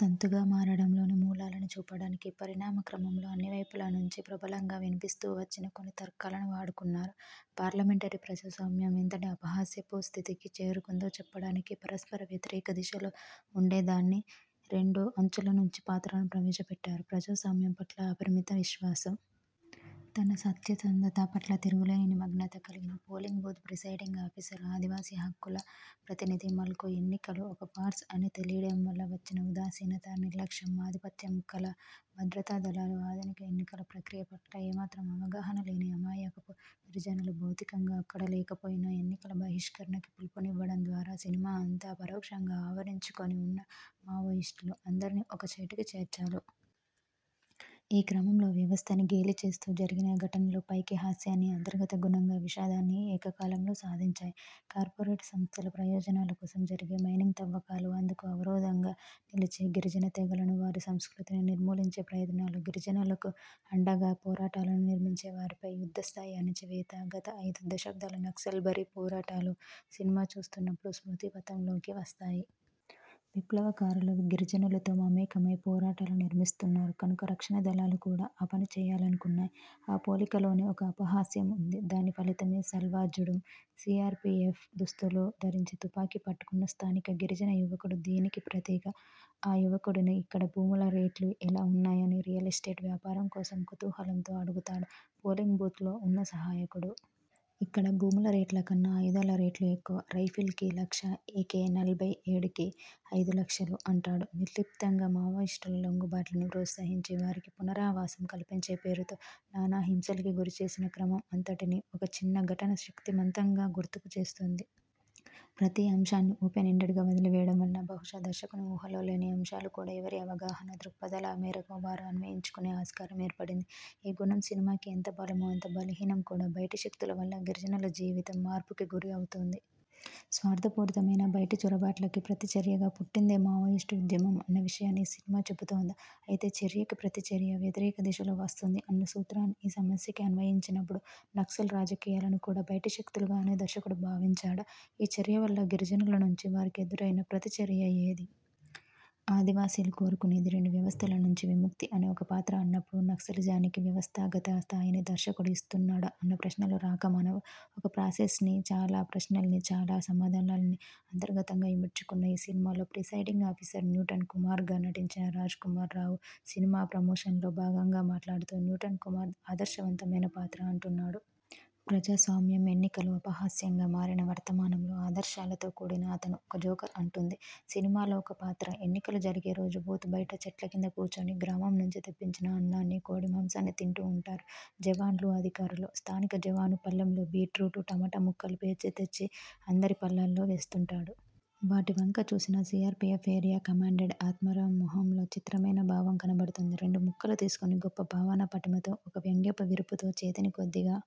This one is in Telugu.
తంతుగా మారడంలోని మూలాలని చూపడానికి పరిణామ క్రమంలో అన్ని వైపుల నుంచీ ప్రబలంగా వినిపిస్తూ వచ్చిన కొన్ని తర్కాలను వాడుకున్నారు. పార్లమెంటరీ ప్రజాస్వామ్యం ఎంతటి అపహాస్యపుస్థితికి చేరుకుందో చెప్పడానికి పరస్పర వ్యతిరేకదిశలో ఉండే దాని రెండు అంచుల నుంచి పాత్రలను ప్రవేశపెట్టారు. ప్రజాస్వామ్యం పట్ల అపరిమితవిశ్వాసం, తన సత్యసంధత పట్ల తిరుగులేని నిమగ్నత కలిగిన polling booth presiding officer Adivasi హక్కుల ప్రతినిధి మల్కో ఎన్నికలు ఒక ఫార్స్ అని తెలీడం వల్ల వచ్చిన ఉదాసీనత, నిర్లక్ష్యం, ఆధిపత్యం కల భద్రతాదళాలు ఆధునిక ఎన్నికల ప్రక్రియ పట్ల ఏమాత్రం అవగాహన లేని అమాయకపు గిరిజనులు భౌతికంగా అక్కడ లేకపోయినా ఎన్నికల బహిష్కరణకి పిలుపునివ్వడంద్వారా సినిమా అంతా పరోక్షంగా ఆవరించుకుని ఉన్న మావోయిస్టులు – అందరినీ ఒకచోటకి చేర్చారు. ఈ క్రమంలో వ్యవస్థని గేలి చేస్తూ జరిగిన ఘటనలు పైకి హాస్యాన్ని, అంతర్గతగుణంగా విషాదాన్ని ఏకకాలంలో సాధించాయి. కార్పొరేట్ సంస్థల ప్రయోజనాల కోసం జరిగే మైనింగ్ తవ్వకాలు, అందుకు అవరోధంగా నిలిచే గిరిజన తెగలను, వారి సంస్కృతిని నిర్మూలించే ప్రయత్నాలు, గిరిజనులకు అండగా పోరాటాలను నిర్మించేవారిపై యుద్ధస్థాయి అణచివేత, గత అయిదు దశాబ్దాల నక్సల్బరీ పోరాటాలు– సినిమా చూస్తున్నపుడు స్మృతిపథంలోకి వస్తాయి. విప్లవకారులు గిరిజనులతో మమేకమై పోరాటాలు నిర్మిస్తున్నారు కనుక రక్షణదళాలు కూడా ఆ పని చేయాలనుకున్నాయి. ఆ పోలికలోనే ఒక అపహాస్యం ఉంది. దాని ఫలితమే సల్వాజుడుం. సీఆర్పీఎఫ్ దుస్తులు ధరించి తుపాకీ పట్టుకున్న స్థానిక గిరిజన యువకుడు దేనికి ప్రతీక?! ఆ యువకుడిని 'ఇక్కడ భూముల రేట్లు ఎలా ఉంటాయని' రియల్ ఎస్టేట్ వ్యాపారం కోసం కుతూహలంతో అడుగుతాడు పోలింగ్ బూత్లో ఉన్న సహాయకుడు. 'ఇక్కడ భూముల రేట్ల కన్నా ఆయుధాల రేట్లు ఎక్కువ, రైఫిల్కి లక్ష, ఏకే నలభై ఏడుకి అయిదు లక్షలు' అంటాడు నిర్లిప్తంగా మావోయిస్టుల లొంగుబాట్లని ప్రోత్సహించి వారికి పునరావాసం కల్పించే పేరుతో నానా హింసలకీ గురిచేసిన క్రమం అంతటినీ ఒక చిన్న ఘటన శక్తిమంతంగా గుర్తు చేస్తుంది. ప్రతి అంశాన్నీ ఓపెన్ ఎండెడ్గా వదిలివేయడం వలన బహుశా దర్శకుని ఊహలో లేని అంశాలు కూడా ఎవరి అవగాహన, దృక్పథాల మేరకు వారు అన్వయించుకునే ఆస్కారం ఏర్పడింది. ఈ గుణం సినిమాకి ఎంత బలమో అంత బలహీనం కూడా. బైటిశక్తుల వల్ల గిరిజనుల జీవితం మార్పుకి గురి అవుతోంది. స్వార్థపూరితమైన బైటి చొరబాట్లకి ప్రతిచర్యగా పుట్టిందే మావోయిస్టు ఉద్యమం అన్న విషయాన్ని ఈ సినిమా చెపుతోందా? అయితే చర్యకి ప్రతిచర్య వ్యతిరేక దిశలో వస్తుంది అన్న సూత్రాన్ని ఈ సమస్యకి అన్వయించినపుడు నక్సల్ రాజకీయాలను కూడా బైటి శక్తులుగానే దర్శకుడు భావించాడా? ఈ చర్య వల్ల గిరిజనుల నుంచి వారికి ఎదురైన ప్రతిచర్య ఏది? ఆదివాసీలు కోరుకునేది 'రెండు వ్యవస్థల నుంచి విముక్తి' అని ఒక పాత్ర అన్నపుడు నక్సలిజానికి వ్యవస్థాగత స్థాయిని దర్శకుడు ఇస్తున్నాడా? అన్న ప్రశ్నలు రాక మానవు. ఒక ప్రాసెస్ని, చాలా ప్రశ్నలని, చాలా సమాధానాల్ని అంతర్గతంగా ఇముడ్చుకున్న ఈ సినిమాలో ప్రిసైడింగ్ ఆఫీసర్ న్యూటన్ కుమార్గా నటించిన రాజ్ కుమార్ రావు సినిమా ప్రమోషన్లో భాగంగా మాట్లాడుతూ 'న్యూటన్ కుమార్ ఆదర్శవంతమైన పాత్ర' అంటున్నాడు. ప్రజాస్వామ్యం, ఎన్నికలు అపహాస్యంగా మారిన వర్తమానంలో ఆదర్శాలతో కూడిన అతను ఒక జోకర్ అంటుంది సినిమాలో ఒక పాత్ర. ఎన్నికలు జరిగే రోజు బూత్ బైట చెట్లకింద కూచుని గ్రామం నుంచి తెప్పించిన అన్నాన్ని, కోడిమాంసాన్ని తింటూ ఉంటారు జవాన్లు, అధికారులు. స్థానిక జవాను పళ్ళెంలో బీట్రూట్, టమాటా ముక్కలు పేర్చి తెచ్చి అందరి పళ్ళాల్లో వేస్తుంటాడు. వాటివంక చూసిన సీఆర్పీఎఫ్ ఏరియా కమాండెంట్ ఆత్మారాం మొహంలో చిత్రమైన భావం కనపడుతుంది. రెండుముక్కలు తీసుకుని గొప్ప భావనా పటిమతో, ఒక వ్యంగ్యపు విరుపుతో చేతినికొద్దిగా